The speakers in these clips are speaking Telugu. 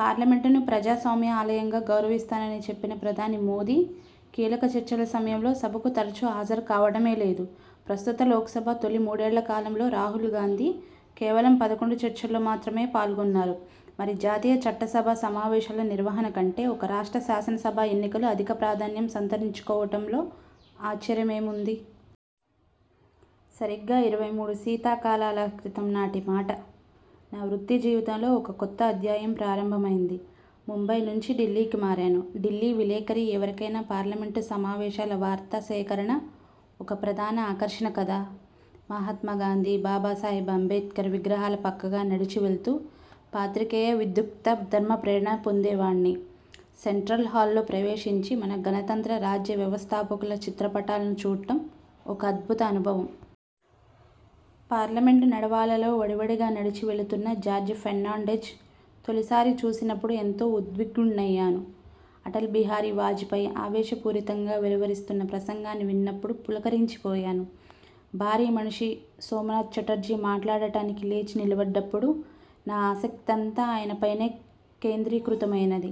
పార్లమెంటును ప్రజాస్వామ్య ఆలయంగా గౌరవిస్తానని చెప్పిన ప్రధాని మోదీ, కీలక చర్చల సమయంలో సభకు తరచూ హాజరుకావడమే లేదు. ప్రస్తుత లోక్సభ తొలి మూడేళ్ళకాలంలో రాహుల్ గాంధీ కేవలం పదకొండు చర్చలలో మాత్రమే పాల్గొన్నారు. మరి జాతీయ చట్టసభ సమావేశాల నిర్వహణ కంటే ఒక రాష్ట్ర శాసనసభా ఎన్నికలు అధిక ప్రాధాన్యం సంతరించు కోవడంలో ఆశ్చర్యమేముంది? సరిగ్గా ఇరవై మూడు శీత కాలాల క్రితం నాటి మాట. నా వృత్తి జీవితంలో ఒక కొత్త అధ్యాయం ప్రారంభమయింది. ముంబై నుంచి ఢిల్లీకి మారాను. ఢిల్లీ విలేఖరి ఎవరికైనా పార్లమెంటు సమావేశాల వార్తా సేకరణ ఒక ప్రధాన ఆకర్షణ కదా. మహాత్మా గాంధీ, బాబాసాహెబ్ అంబేడ్కర్ విగ్రహాల పక్కగా నడిచి వెళుతూ పాత్రికేయ విధ్యుక్త ధర్మ ప్రేరణ పొందేవాణ్ణి సెంట్రల్ హాలులో ప్రవేశించి, మన గణతంత్ర రాజ్య వ్యవస్థాపకుల చిత్రపటాలను చూడడం ఒక అద్భుత అనుభవం. పార్లమెంటు నడవాలలో వడివడిగా నడిచి వెళ్లుతున్న జార్జి ఫెర్నాండెజ్ను తొలిసారి చూసినప్పుడు ఎంతో ఉద్విగ్నుడినయ్యాను. అటల్ బిహారీ వాజపేయి ఆవేశపూరితంగా వెలువరిస్తున్న ప్రసంగాన్ని విన్నప్పుడు పులకరించిపోయాను. భారీ మనిషి సోమనాథ్ చటర్జీ మాట్లాడడానికి లేచి నిలబడ్డప్పుడు నా ఆసక్తి అంతా ఆయన పైనే కేంద్రీకృతమయింది.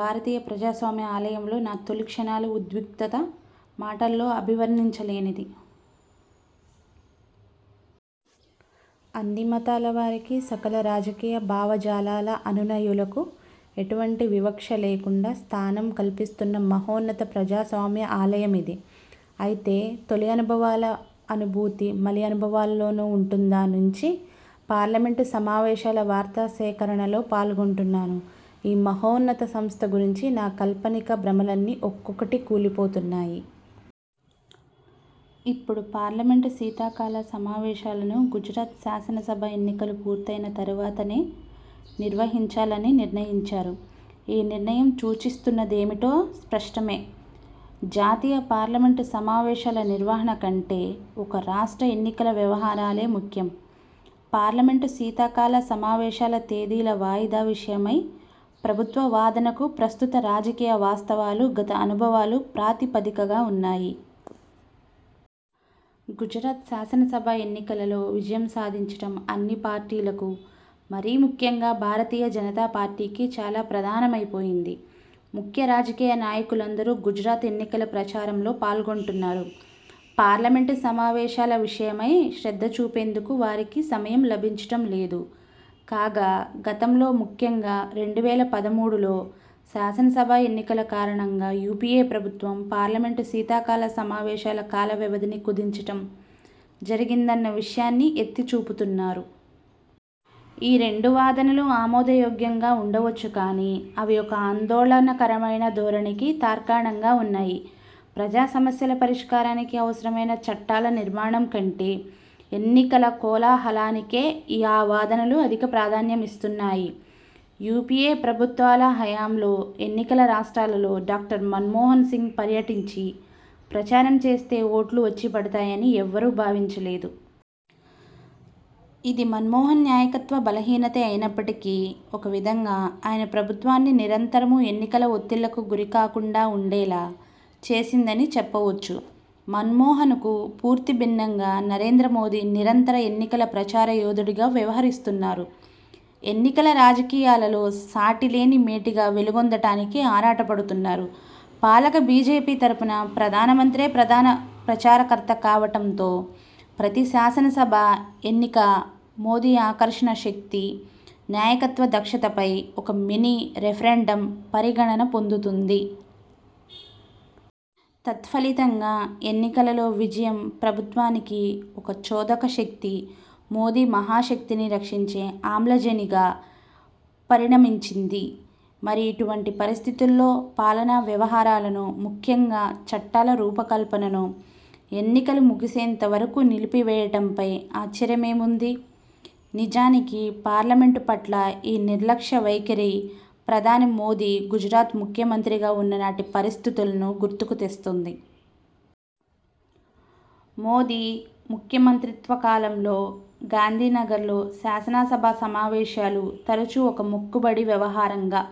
భారతీయ ప్రజాస్వామ్య ఆలయంలో నా తొలి క్షణాల ఉద్విగ్నత మాటలలో అభివర్ణించలేనిది. అన్ని మతాల వారికి, సకల రాజకీయ భావజాలాల అనుయాయులకు ఎటువంటి వివక్ష లేకుండా స్థానం కల్పిస్తున్న మహోన్నత ప్రజాస్వామ్య ఆలయమిది. అయితే తొలి అనుభవాల అనుభూతి మలి అనుభవాలలోనూ ఉంటుందా? నుంచి పార్లమెంటు సమావేశాల వార్తా సేకరణలో పాల్గొంటున్నాను. ఈ మహోన్నత సంస్థ గురించి నా కాల్పనిక భ్రమలన్నీ ఒక్కొక్కటీ కూలిపోతున్నాయి. ఇప్పుడు పార్లమెంటు శీతాకాల సమావేశాలను గుజరాత్ శాసనసభా ఎన్నికలు పూర్తయిన తరువాతనే నిర్వహించాలని నిర్ణయించారు. ఈ నిర్ణయం సూచిస్తున్నదేమిటో స్పష్టమే జాతీయ పార్లమెంటు సమావేశాల నిర్వహణ కంటే ఒక రాష్ట్ర ఎన్నికల వ్యవహారాలే ముఖ్యం. పార్లమెంటు శీతాకాల సమావేశాల తేదీల వాయిదా విషయమై ప్రభుత్వ వాదనకు ప్రస్తుత రాజకీయ వాస్తవాలు, గతఅనుభవాలు ప్రాతిపదికగా వున్నాయి. గుజరాత్ శాసనసభా ఎన్నికలలో విజయం సాధించడం అన్నిపార్టీలకు, మరీ ముఖ్యంగా భారతీయ జనతా పార్టీకి చాలా ప్రధానమైపోయింది. ముఖ్య రాజకీయ నాయకులందరూ గుజరాత్ ఎన్నికల ప్రచారంలో పాల్గొంటున్నారు. పార్లమెంటు సమావేశాల విషయమై శ్రద్ధ చూపేందుకు వారికి సమయం లభించడం లేదు. కాగా గతంలో, ముఖ్యంగా రెండు వేల పదమూడులో, శాసనసభా ఎన్నికల కారణంగా యూపీఏ ప్రభుత్వం పార్లమెంటు శీతాకాల సమావేశాల కాల వ్యవధిని కుదించడం జరిగిందన్న విషయాన్ని ఎత్తిచూపుతున్నారు. ఈ రెండు వాదనలూ ఆమోద యోగ్యంగా వుండవచ్చు గానీ అవి ఒక ఆందోళనకరమైన ధోరణికి తార్కాణంగా వున్నాయి. ప్రజా సమస్యల పరిష్కారానికి అవసరమైన చట్టాల నిర్మాణం కంటే ఎన్నికల కోలాహలానికే ఆ వాదనలు అధిక ప్రాధాన్యమిస్తున్నాయి. యూపీఏ ప్రభుత్వాల హయాంలో ఎన్నికల రాష్ట్రాలలో డాక్టర్ మన్మోహన్ సింగ్ పర్యటించి ప్రచారం చేస్తే ఓట్లు వచ్చిపడతాయని ఎవరూ భావించలేదు. ఇది మన్మోహన్ నాయకత్వ బలహీనతే అయినప్పటికీ ఒక విధంగా ఆయన ప్రభుత్వాన్ని, నిరంతరమూ ఎన్నికల ఒత్తిళ్ళకు గురికాకుండా ఉండేలా చేసిందని చెప్పవచ్చు. మన్మోహన్కు పూర్తి భిన్నంగా నరేంద్ర మోదీ నిరంతర ఎన్నికల ప్రచారయోధుడుగా వ్యవహరిస్తున్నారు. ఎన్నికల రాజకీయాలలో సాటిలేని మేటిగా వెలుగొందడానికి ఆరాటపడుతున్నారు. పాలక బీజేపీ తరపున ప్రధానమంత్రే ప్రధాన ప్రచారకర్త కావడంతో ప్రతి శాసనసభా ఎన్నిక మోదీ ఆకర్షణ శక్తి, నాయకత్వదక్షతపై ఒక మినీ– రెఫరెండం పరిగణన పొందుతున్నది. తత్ఫలితంగా ఎన్నికలలో విజయం ప్రభుత్వానికి ఒక చోదకశక్తి, మోదీ మహాశక్తిని రక్షించే ఆమ్లజనిగా పరిణమించింది. మరి ఇటువంటి పరిస్థితులలో పాలనా వ్యవహారాలను, ముఖ్యంగా చట్టాల రూపకల్పనను ఎన్నికలు ముగిసేంతవరకు నిలిపివేయడంపై ఆశ్చర్యమేముంది? నిజానికి, పార్లమెంటు పట్ల ఈ నిర్లక్ష్య వైఖరి ప్రధాని మోదీ గుజరాత్ ముఖ్యమంత్రిగా ఉన్ననాటి పరిస్థితులను గుర్తుకు తెస్తుంది. మోదీ ముఖ్యమంత్రిత్వ కాలంలో గాంధీనగర్లో శాసనసభా సమావేశాలు తరచూ ఒక మొక్కుబడి వ్యవహారంగా